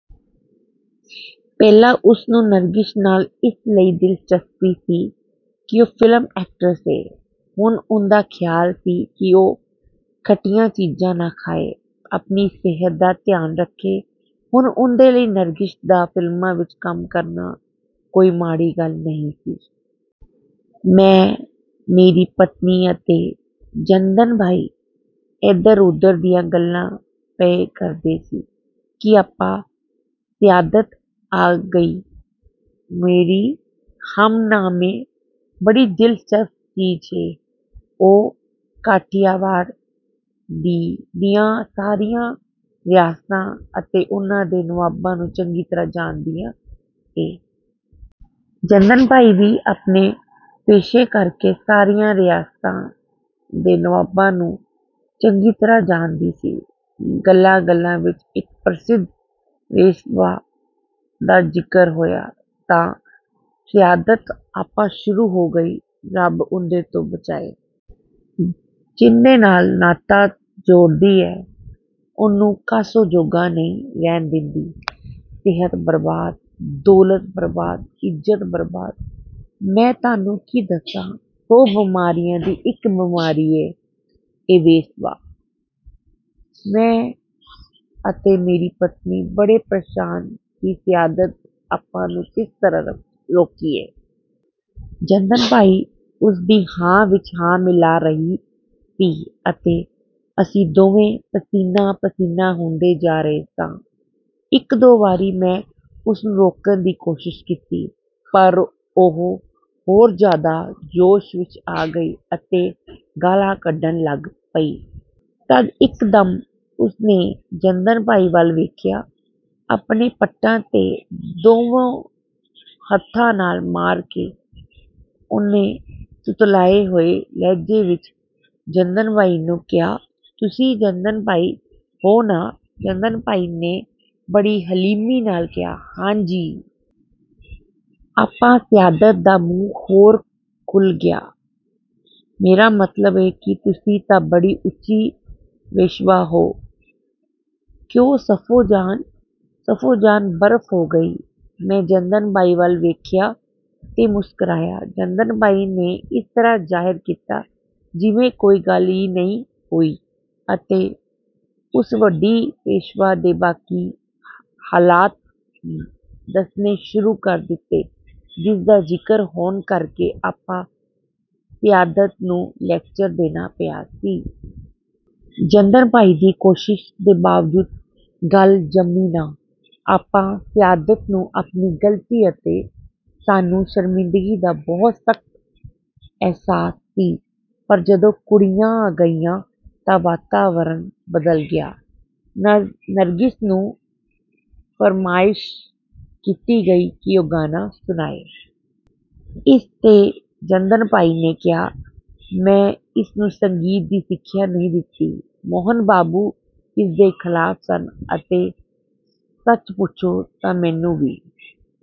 ਪਹਿਲਾਂ ਉਸ ਨੂੰ ਨਰਗਿਸ ਨਾਲ ਇਸ ਲਈ ਦਿਲਚਸਪੀ ਸੀ ਕਿ ਉਹ ਫਿਲਮ ਐਕਟਰਸ ਏ। ਹੁਣ ਉਹਦਾ ਖ਼ਿਆਲ ਸੀ ਕਿ ਉਹ ਖੱਟੀਆਂ ਚੀਜ਼ਾਂ ਨਾ ਖਾਏ। ਆਪਣੀ ਸਿਹਤ ਦਾ ਧਿਆਨ ਰੱਖੇ। ਹੁਣ ਉਹਦੇ ਲਈ ਨਰਗਿਸ ਦਾ ਫਿਲਮਾਂ ਵਿੱਚ ਕੰਮ ਕਰਨਾ ਕੋਈ ਮਾੜੀ ਗੱਲ ਨਹੀਂ ਸੀ। ਮੈਂ, ਮੇਰੀ ਪਤਨੀ ਅਤੇ ਜੰਦਨ ਭਾਈ ਇਧਰ ਉਧਰ ਦੀਆਂ ਗੱਲਾਂ ਪਏ ਕਰਦੇ ਕਿ ਆਪਾ ਸਆਦਤ ਆ ਗਈ। ਮੇਰੀ ਹਮ-ਨਾਮ ਏ, ਬੜੀ ਦਿਲਚਸਪ ਚੀਜ਼ ਏ। ਉਹ ਕਾਠੀਆਵਾੜ ਦੀਆਂ ਸਾਰੀਆਂ ਰਿਆਸਤਾਂ ਅਤੇ ਉਨ੍ਹਾਂ ਦੇ ਨਵਾਬਾਂ ਨੂੰ ਚੰਗੀ ਤਰ੍ਹਾਂ ਜਾਣਦੀ ਏ। ਜੰਦਨ ਭਾਈ ਵੀ ਆਪਣੇ ਪੇਸ਼ੇ ਕਰਕੇ ਸਾਰੀਆਂ ਰਿਆਸਤਾਂ ਦੇ ਨਵਾਬਾਂ ਨੂੰ ਚੰਗੀ ਤਰ੍ਹਾਂ ਜਾਣਦੀ ਸੀ। ਗੱਲਾਂ ਗੱਲਾਂ ਵਿੱਚ ਇਕ ਪ੍ਰਸਿੱਧ ਵੇਸਵਾ ਦਾ ਜ਼ਿਕਰ ਹੋਇਆ ਤਾਂ ਸਆਦਤ ਆਪਾ ਸ਼ੁਰੂ ਹੋ ਗਈ, "ਰੱਬ ਉਹਦੇ ਤੋਂ ਬਚਾਏ। ਜਿਹਦੇ ਨਾਲ ਨਾਤਾ ਜੋੜਦੀ ਏ, ਉਹਨੂੰ ਕਾਸੇ ਜੋਗਾ ਨਹੀਂ ਰਹਿਣ ਦਿੰਦੀ। ਸਿਹਤ ਬਰਬਾਦ, ਦੌਲਤ ਬਰਬਾਦ, ਇੱਜ਼ਤ ਬਰਬਾਦ। ਮੈਂ ਤੁਹਾਨੂੰ ਕੀ ਦੱਸਾਂ? ਸੌ ਬਿਮਾਰੀਆਂ ਦੀ ਇਕ ਬਿਮਾਰੀ ਏ, ਇਹ ਵੇਸਵਾ।" ਮੈਂ ਅਤੇ ਮੇਰੀ ਪਤਨੀ ਬੜੇ ਪ੍ਰੇਸ਼ਾਨ ਕਿ ਸਆਦਤ ਆਪਾ ਨੂੰ ਕਿਸ ਤਰ੍ਹਾਂ ਰੋਕੀਏ। ਜੱਦਨ ਬਾਈ ਉਸ ਦੀ ਹਾਂ ਵਿੱਚ ਹਾਂ ਮਿਲਾ ਰਹੀ ਸੀ ਅਤੇ ਅਸੀਂ ਦੋਵੇਂ ਪਸੀਨਾ ਪਸੀਨਾ ਹੁੰਦੇ ਜਾ ਰਹੇ ਸਾਂ। ਇਕ ਦੋ ਵਾਰੀ ਮੈਂ ਉਸ ਨੂੰ ਰੋਕਣ ਦੀ ਕੋਸ਼ਿਸ਼ ਕੀਤੀ, ਪਰ ਉਹ ਹੋਰ ਜ਼ਿਆਦਾ ਜੋਸ਼ ਵਿੱਚ ਆ ਗਈ ਅਤੇ ਗਾਲ੍ਹਾਂ ਕੱਢਣ ਲੱਗ ਪਈ। ਤਦ ਇਕਦਮ ਉਸ ਨੇ ਜੱਦਨ ਬਾਈ ਵੱਲ ਵੇਖਿਆ। ਆਪਣੇ ਪੱਟਾਂ ਤੇ ਦੋਵੇਂ ਹਥਾਂ ਨਾਲ ਮਾਰ ਕੇ ਉਹਨੇ ਤੁਤਲਾਏ ਹੋਏ ਲਹਿਜ਼ੇ ਵਿੱਚ ਜੱਦਨ ਬਾਈ ਨੂੰ ਕਿਹਾ, ਤੁਸੀਂ ਜੱਦਨ ਬਾਈ ਹੋ ਨਾ? ਜੱਦਨ ਬਾਈ ਨੇ ਬੜੀ ਹਲੀਮੀ ਨਾਲ ਕਿਹਾ, ਹਾਂ ਜੀ। ਆਪਾ ਸਆਦਤ ਦਾ ਮੂੰਹ ਹੋਰ ਖੁੱਲ੍ਹ ਗਿਆ, "ਮੇਰਾ ਮਤਲਬ ਏ ਕਿ ਤੁਸੀਂ ਤਾਂ ਬੜੀ ਉੱਚੀ ਵੇਸਵਾ ਹੋ। ਕਿਉਂ ਸਫ਼ੋ ਜਾਨ?" ਸਫੋ ਜਾਨ ਬਰਫ਼ ਹੋ ਗਈ। ਮੈਂ ਜੱਦਨ ਬਾਈ ਵੱਲ ਵੇਖਿਆ ਤੇ ਮੁਸਕ੍ਰਾਇਆ। ਜੱਦਨ ਬਾਈ ਨੇ ਇਸ ਤਰ੍ਹਾਂ ਜ਼ਾਹਿਰ ਕੀਤਾ ਜਿਵੇਂ ਕੋਈ ਗੱਲ ਈ ਨਹੀਂ ਹੋਈ ਅਤੇ ਉਸ ਵੱਡੀ ਵੇਸਵਾ ਦੇ ਬਾਕੀ ਹਾਲਾਤ ਦੱਸਣੇ ਸ਼ੁਰੂ ਕਰ ਦਿੱਤੇ, ਜਿਸ ਦਾ ਜ਼ਿਕਰ ਹੋਣ ਕਰਕੇ ਆਪਾ ਸਆਦਤ ਨੂੰ ਲੈਕਚਰ ਦੇਣਾ ਪਿਆ ਸੀ। ਜੱਦਨ ਬਾਈ ਦੀ ਕੋਸ਼ਿਸ਼ ਦੇ ਬਾਵਜੂਦ ਗੱਲ ਜੰਮੀ ਨਾ। ਆਪਾ ਸਆਦਤ ਨੂੰ ਆਪਣੀ ਗਲਤੀ ਅਤੇ ਸਾਨੂੰ ਸ਼ਰਮਿੰਦਗੀ ਦਾ ਬਹੁਤ ਸਖ਼ਤ ਅਹਿਸਾਸ ਸੀ, ਪਰ ਜਦੋਂ ਕੁੜੀਆਂ ਆ ਗਈਆਂ ਤਾਂ ਵਾਤਾਵਰਣ ਬਦਲ ਗਿਆ। ਨਰਗਿਸ ਨੂੰ ਫਰਮਾਇਸ਼ ਕੀਤੀ ਗਈ ਕਿ ਉਹ ਗਾਣਾ ਸੁਣਾਏ। ਇਸ ਤੇ ਜੱਦਨ ਬਾਈ ਨੇ ਕਿਹਾ, ਮੈਂ ਇਸ ਨੂੰ ਸੰਗੀਤ ਦੀ ਸਿੱਖਿਆ ਨਹੀਂ ਦਿੱਤੀ। ਮੋਹਨ ਬਾਬੂ ਇਸ ਦੇ ਖਿਲਾਫ ਸਨ ਅਤੇ ਸੱਚ ਪੁੱਛੋ ਤਾਂ ਮੈਨੂੰ ਵੀ